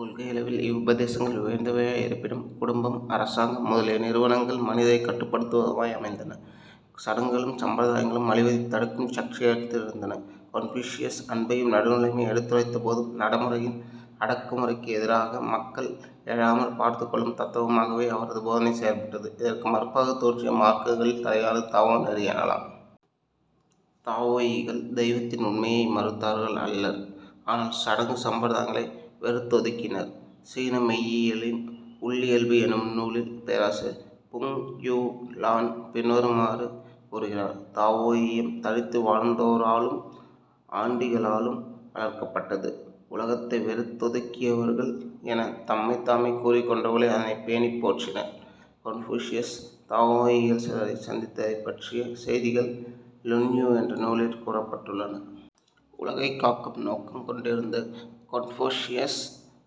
கொள்கையளவில் இவ்வுபதேசங்கள் உயர்ந்தவையாயிருப்பினும், குடும்பம், அரசாங்கம் முதலிய நிறுவனங்கள் மனிதரைக் கட்டுப்படுத்துவனவாயமைந்தன. சடங்குகளும் சம்பிரதாயங்களும் மலிவதைத் தடுக்குங் சக்தியற்றிருந்தன. கொன்பூசியஸ் அன்பையும் நடுவுநிலைமையையும் எடுத்துரைத்தபோதும், நடைமுறையில் அடக்குமுறைக்கு எதிராக மக்கள் எழாமற் பார்த்துக் கொள்ளும் தத்தவமாகவே அவரது போதனை செயற்பட்டது. இதற்கு மறுப்பாகத் தோன்றிய மார்க்கங்களில் தலையானது தாவோ நெறி எனலாம். தாவோயிகள் தெய்வத்தின் உண்மையை மறுத்தார்கள் அல்லர். ஆனால் சடங்கு சம்பிரதாயங்களை வெறுத்தொதுக்கினர். சீன மெய்யியலின் உள்ளியல்பு என்னும் நூலில் பேராசிரியர் ஃபுங் யூ-லான் பின்வருமாறு கூறுகிறார். "தாவோயியம் தனித்து வாழ்ந்தோராலும் ஆண்டிகளாலும் வளர்க்கப்பட்டது. 'உலகத்தை வெறுத்தொதுக்கியவர்கள்' எனத் தம்மைத்தாமே கூறிக்கொண்டவர்களே அதனைப் பேணிப் போற்றினர். " கொன்பூசியஸ் தாவோயிகள் சிலரைச் சந்தித்ததைப் பற்றிய செய்திகள் லுன்யூ என்ற நூலிற் கூறுப்பட்டுள்ளன. உலகைக் காக்கும் நோக்கங் கொண்டிருந்த கொன்பூசியஸ்,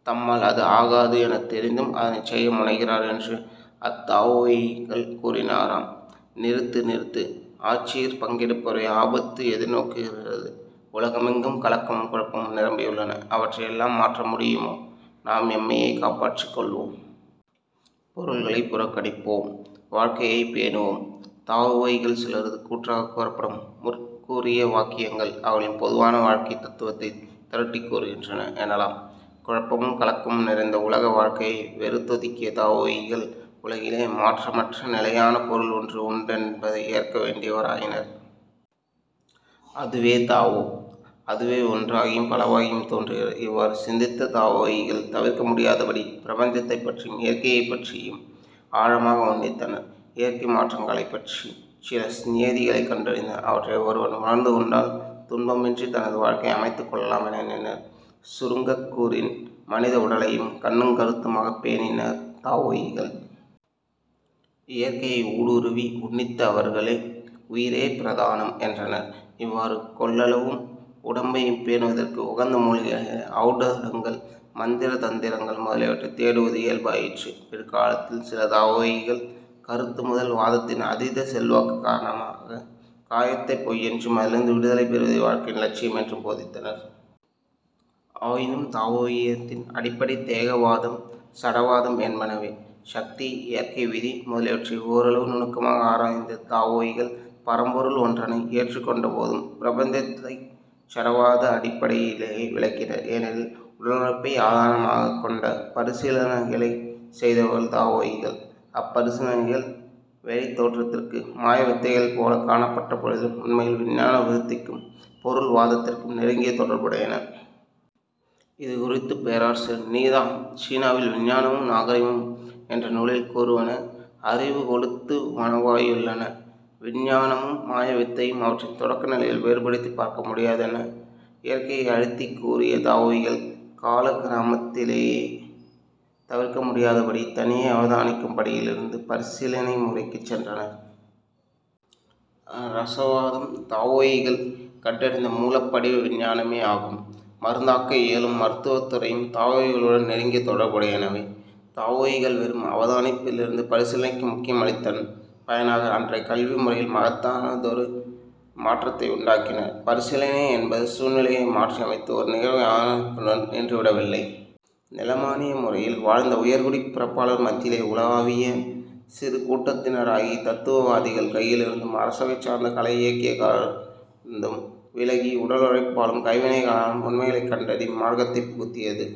தம்மால் அது ஆகாது எனத் தெரிந்தும், அதனைச் செய்ய முனைகிறார் என்று அத்தாவோயிகள் கூறினராம். "நிறுத்து! நிறுத்து! ஆட்சியிற் பங்கெடுப்பவரை ஆபத்து எதிர் நோக்குகிறது. உலகமெங்கும் கலக்கமும் குழப்பமும் நிரம்பி உள்ளன. அவற்றை எல்லாம் மாற்ற முடியுமோ? நாம் எம்மையே காப்பாற்றிக்கொள்வோம். பொருள்களைப் புறக்கணிப்போம்; வாழ்க்கையைப் பேணுவோம். " தாவோயிகள் சிலரது கூற்றாகக் கூறப்படும் முற்கூறிய வாக்கியங்கள் அவர்களின் பொதுவான வாழ்க்கைத் தத்துவத்தைத் திரட்டிக் கூறுகின்றன எனலாம். குழப்பமும் கலக்கமும் நிறைந்த உலக வாழ்கையை வெறுத்தொதுக்கிய தாவோயிகள் உலகிலே மாற்றமற்ற நிலையான பொருள் ஒன்று உண்டென்பதை ஏற்க வேண்டியவராயினர். அதுவே தாவோ. அதுவே ஒன்றாகியும் பலவாகியும் தோன்றுகிறது. இவ்வாறு சிந்தித்த தாவோயிகள் தவிர்க்க முடியாதபடி பிரபஞ்சத்தைப்பற்றியும் இயற்கையைப்பற்றியும் ஆழமாக உன்னித்தனர். இயற்கை மாற்றங்களைப் பற்றிச் சில நியதிகளைக் கண்டறிந்தனர். அவற்றை ஒருவன் உணர்ந்துகொண்டால் துன்பமின்றித் தனது வாழ்க்கையை அமைத்துக் கொள்ளலாம் என எண்ணினர். சுருங்கக்கூறின், மனித உடலையும் கண்ணுங் கருத்துமாகப் பேணினர் தாவோயிகள். இயற்கையை ஊடுருவி உன்னித்த அவர்கள் "உயிரே பிரதானம்" என்றனர். இவ்வாறு கொள்ளவும், உடம்பைப் பேணுவதற்கு உகந்த மூலிகைகள், ஔடதங்கள், மந்திரதந்திரங்கள் முதலியவற்றைத் தேடுவது இயல்பாயிற்று. பிற்காலத்தில் சில தாவோயிகள் கருத்து முதல் வாதத்தின் அதீத செல்வாக்குக் காரணமாகக் காயத்தை பொய்யென்றும், அதிலிருந்து விடுதலை பெறுவதே வாழ்க்கையின் இலட்சியம் என்றும் போதித்தனர். ஆயினும் தாவோயியத்தின் அடிப்படை தேகவாதம், சடவாதம் என்பனவே. சக்தி, இயற்கை விதி முதலியவற்றை ஓரளவு நுணுக்கமாக ஆராய்ந்த தாவோயிகள் பரம்பொருள் ஒன்றனை ஏற்றுக்கொண்டபோதும், பிரபஞ்சத்தைச் சடவாத அடிப்படையிலேயே விளக்கினர். ஏனெனில் உடலுழைப்பை ஆதாரமாகக் கொண்ட பரிசீலனைகளைச் செய்தவர்கள் தாவோயிகள். அப்பரிசீலனைகள் வௌித் தோற்றத்திற்கு மாயவித்தைகள்போலக் காணப்பட்டபொழுதிலும், உண்மையில் விஞ்ஞான விருத்திக்கும் பொருள்வாதத்திற்கும் நெருங்கிய தொடர்புடையன. இது குறித்துப் பேராசிரியர் நீதாம் சீனாவில் விஞ்ஞானமும் நாகரிகமும் என்ற நூலில் கூறுவன அறிவு கொளுத்து வனவாயுள்ளன:। "விஞ்ஞானமும் மாயவித்தையும் அவற்றின் தொடக்க நிலைகளில் வேறுபடுத்திப் பார்க்க முடியாதன. இயற்கையை அழுத்திக் கூறிய தாவோயிகள் காலக்கிரமத்திலே தவிர்க்கமுடியாதபடி தனியே அவதானிக்கும் படியிலிருந்து பரிசீலனை முறைக்குச் சென்றனர். இரசவாதம் தாவோயிகள் கண்டறிந்த மூலப்படிவ விஞ்ஞானமே யாகும். மருந்தாக்க இயலும் மருத்துவத் துறையும் தாவோயிகளுடன் நெருங்கிய தொடர்புடையனவே. தாவோயிகள் வெறும் அவதானிப்பிலிருந்து பரிசீலனைக்கு முக்கியமளித்ததன் பயனாக அன்றைய கல்வி முறையில் மகத்தானவொரு மாற்றத்தை உண்டாக்கினர். பரிசீலனை என்பது சூழ்நிலையை மாற்றியமைத்து ஒரு நிகழ்வை அவதானிப்பதுடன் நின்றுவிடவில்லை. நிலமானிய முறையில் வாழ்ந்த உயர்குடிப் பிறப்பாளர் மத்தியிலே உலாவிய சிறு கூட்டத்தினராகிய தத்துவவாதிகள் கையிலிருந்தும், அரசவை சார்ந்த கலை இலக்கிய காரரிடமிருந்தும், விலகி, உடலுழைப்பாலும் கைவினைகளாலும் உண்மைகளைக் கண்டறியும் மார்க்கத்தைப் புகுத்தியது.